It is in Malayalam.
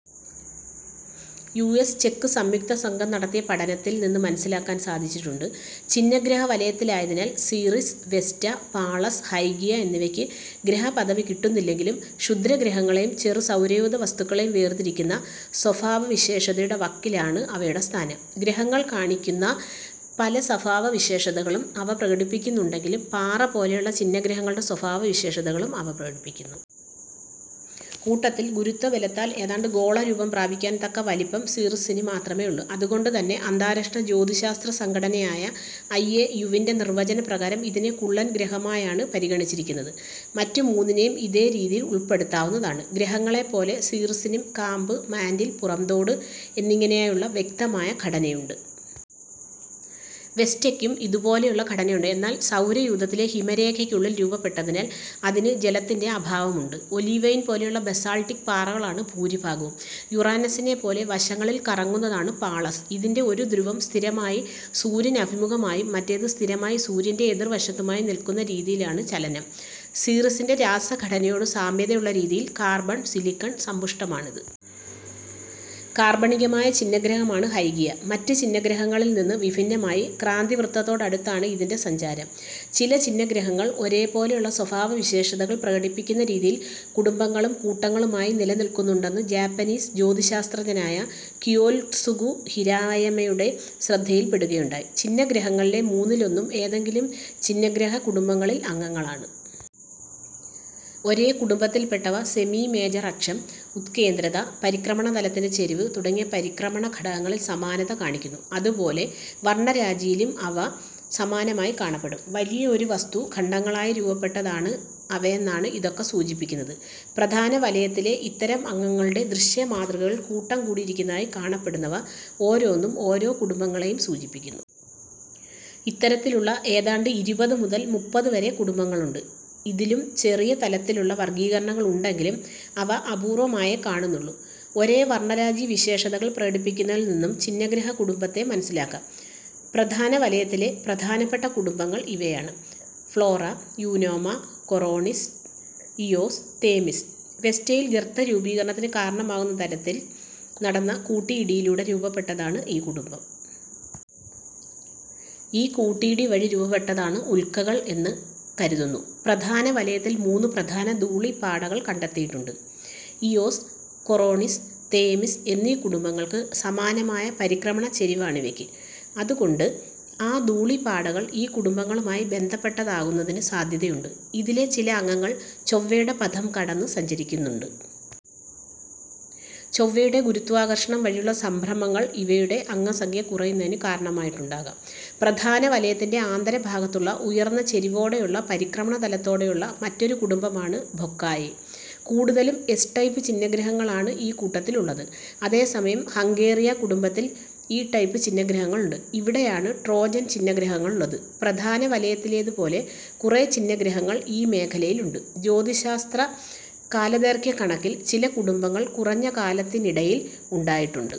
യു എസ് ചെക്ക് സംയുക്തസംഘം നടത്തിയ പഠനത്തിൽ നിന്ന് മനസ്സിലാക്കാൻ സാധിച്ചിട്ടുണ്ട്. ഛിന്നഗ്രഹ വലയത്തിലായതിനാൽ സീറീസ്, വെസ്റ്റ, പാളസ്, ഹൈഗിയ എന്നിവയ്ക്ക് ഗ്രഹപദവി കിട്ടുന്നില്ലെങ്കിലും ക്ഷുദ്ര ഗ്രഹങ്ങളെയും ചെറു സൗരയൂഥ വസ്തുക്കളേയും വേർതിരിക്കുന്ന സ്വഭാവവിശേഷതയുടെ വക്കിലാണ് അവയുടെ സ്ഥാനം. ഗ്രഹങ്ങൾ കാണിക്കുന്ന പല സ്വഭാവവിശേഷതകളും അവ പ്രകടിപ്പിക്കുന്നുണ്ടെങ്കിലും പാറ പോലെയുള്ള ഛിന്നഗ്രഹങ്ങളുടെ സ്വഭാവവിശേഷതകളും അവ പ്രകടിപ്പിക്കുന്നു. കൂട്ടത്തിൽ ഗുരുത്വബലത്താൽ ഏതാണ്ട് ഗോള രൂപം പ്രാപിക്കാൻ തക്ക വലിപ്പം സീറിസിന് മാത്രമേ ഉള്ളൂ. അതുകൊണ്ട് തന്നെ അന്താരാഷ്ട്ര ജ്യോതിശാസ്ത്ര സംഘടനയായ ഐ എ യുവിൻ്റെ നിർവ്വചന പ്രകാരം ഇതിനെ കുള്ളൻ ഗ്രഹമായാണ് പരിഗണിച്ചിരിക്കുന്നത്. മറ്റ് മൂന്നിനേയും ഇതേ രീതിയിൽ ഉൾപ്പെടുത്താവുന്നതാണ്. ഗ്രഹങ്ങളെ പോലെ സീറീസിനും കാമ്പ്, മാൻ്റിൽ, പുറംതോട് എന്നിങ്ങനെയായുള്ള വ്യക്തമായ ഘടനയുണ്ട്. വെസ്റ്റയ്ക്കും ഇതുപോലെയുള്ള ഘടനയുണ്ട്, എന്നാൽ സൗരയൂഥത്തിലെ ഹിമരേഖയ്ക്കുള്ളിൽ രൂപപ്പെട്ടതിനാൽ അതിന് ജലത്തിൻ്റെ അഭാവമുണ്ട്. ഒലീവൈൻ പോലെയുള്ള ബസാൾട്ടിക്ക് പാറകളാണ് ഭൂരിഭാഗവും. യുറാനസിനെ പോലെ വശങ്ങളിൽ കറങ്ങുന്നതാണ് പാളസ്. ഇതിൻ്റെ ഒരു ധ്രുവം സ്ഥിരമായി സൂര്യനഭിമുഖമായും മറ്റേത് സ്ഥിരമായി സൂര്യൻ്റെ എതിർവശത്തുമായി നിൽക്കുന്ന രീതിയിലാണ് ചലനം. സീറീസിൻ്റെ രാസഘടനയോട് സാമ്യതയുള്ള രീതിയിൽ കാർബൺ, സിലിക്കൺ സമ്പുഷ്ടമാണ് ഇത്. കാർബണികമായ ഛിന്നഗ്രഹമാണ് ഹൈഗിയ, മറ്റ് ഛിന്നഗ്രഹങ്ങളിൽ നിന്ന് വിഭിന്നമായി ക്രാന്തി വൃത്തത്തോട് അടുത്താണ് ഇതിൻ്റെ സഞ്ചാരം. ചില ഛിന്നഗ്രഹങ്ങൾ ഒരേ പോലെയുള്ള സ്വഭാവവിശേഷതകൾ പ്രകടിപ്പിക്കുന്ന രീതിയിൽ കുടുംബങ്ങളും കൂട്ടങ്ങളുമായി നിലനിൽക്കുന്നുണ്ടെന്ന് ജപ്പാനീസ് ജ്യോതിശാസ്ത്രജ്ഞനായ കിയോത്സുഗു ഹിരായമയുടെ ശ്രദ്ധയിൽ പെടുകയുണ്ടായി. ഛിന്നഗ്രഹങ്ങളിലെ മൂന്നിലൊന്നും ഏതെങ്കിലും ഛിന്നഗ്രഹ കുടുംബങ്ങളിൽ അംഗങ്ങളാണ്. ഒരേ കുടുംബത്തിൽ പെട്ടവ സെമി മേജർ അക്ഷം, ഉത്കേന്ദ്രത, പരിക്രമണതലത്തിൻ്റെ ചെരിവ് തുടങ്ങിയ പരിക്രമണ ഘടകങ്ങളിൽ സമാനത കാണിക്കുന്നു. അതുപോലെ വർണ്ണരാജിയിലും അവ സമാനമായി കാണപ്പെടും. വലിയ ഒരു വസ്തു ഖണ്ഡങ്ങളായി രൂപപ്പെട്ടതാണ് അവയെന്നാണ് ഇതൊക്കെ സൂചിപ്പിക്കുന്നത്. പ്രധാന വലയത്തിലെ ഇത്തരം അംഗങ്ങളുടെ ദൃശ്യമാതൃകകളിൽ കൂട്ടം കൂടിയിരിക്കുന്നതായി കാണപ്പെടുന്നവ ഓരോന്നും ഓരോ കുടുംബങ്ങളെയും സൂചിപ്പിക്കുന്നു. ഇത്തരത്തിലുള്ള ഏതാണ്ട് ഇരുപത് മുതൽ മുപ്പത് വരെ കുടുംബങ്ങളുണ്ട്. ഇതിലും ചെറിയ തലത്തിലുള്ള വർഗ്ഗീകരണങ്ങളുണ്ടെങ്കിലും അവ അപൂർവ്വമായേ കാണുന്നുള്ളൂ. ഒരേ വർണ്ണരാജി വിശേഷതകൾ പ്രകടിപ്പിക്കുന്നതിൽ നിന്നും ഛിന്നഗ്രഹ കുടുംബത്തെ മനസ്സിലാക്കാം. പ്രധാന വലയത്തിലെ പ്രധാനപ്പെട്ട കുടുംബങ്ങൾ ഇവയാണ്: Flora, Eunomia, Koronis, Eos, Themis. വെസ്റ്റയിൽ ഗർത്തരൂപീകരണത്തിന് കാരണമാകുന്ന തരത്തിൽ നടന്ന കൂട്ടിയിടിയിലൂടെ രൂപപ്പെട്ടതാണ് ഈ കുടുംബം. ഈ കൂട്ടിയിടി വഴി രൂപപ്പെട്ടതാണ് ഉൽക്കകൾ എന്ന് കരുതുന്നു. പ്രധാന വലയത്തിൽ മൂന്ന് പ്രധാന ധൂളി പാടകൾ കണ്ടെത്തിയിട്ടുണ്ട്. ഇയോസ്, കൊറോണിസ്, തേമിസ് എന്നീ കുടുംബങ്ങൾക്ക് സമാനമായ പരിക്രമണ ചെരിവാണിവയ്ക്ക്. അതുകൊണ്ട് ആ ധൂളി പാടകൾ ഈ കുടുംബങ്ങളുമായി ബന്ധപ്പെട്ടതാകുന്നതിന് സാധ്യതയുണ്ട്. ഇതിലെ ചില അംഗങ്ങൾ ചൊവ്വയുടെ പഥം കടന്ന് സഞ്ചരിക്കുന്നുണ്ട്. ചൊവ്വയുടെ ഗുരുത്വാകർഷണം വഴിയുള്ള സംഭ്രമങ്ങൾ ഇവയുടെ അംഗസംഖ്യ കുറയുന്നതിന് കാരണമായിട്ടുണ്ടാകാം. പ്രധാന വലയത്തിൻ്റെ ആന്തരഭാഗത്തുള്ള ഉയർന്ന ചെരിവോടെയുള്ള പരിക്രമണ തലത്തോടെയുള്ള മറ്റൊരു കുടുംബമാണ് ഫൊക്കായെ. കൂടുതലും എസ് ടൈപ്പ് ഛിന്നഗ്രഹങ്ങളാണ് ഈ കൂട്ടത്തിലുള്ളത്, അതേസമയം ഹംഗേറിയ കുടുംബത്തിൽ ഈ ടൈപ്പ് ഛിന്നഗ്രഹങ്ങളുണ്ട്. ഇവിടെയാണ് ട്രോജൻ ഛിന്നഗ്രഹങ്ങളുള്ളത്, പ്രധാന വലയത്തിലേതു പോലെ കുറേ ഛിന്നഗ്രഹങ്ങൾ ഈ മേഖലയിലുണ്ട്. ജ്യോതിശാസ്ത്ര കാലദൈർഘ്യ കണക്കിൽ ചില കുടുംബങ്ങൾ കുറഞ്ഞ കാലത്തിനിടയിൽ ഉണ്ടായിട്ടുണ്ട്.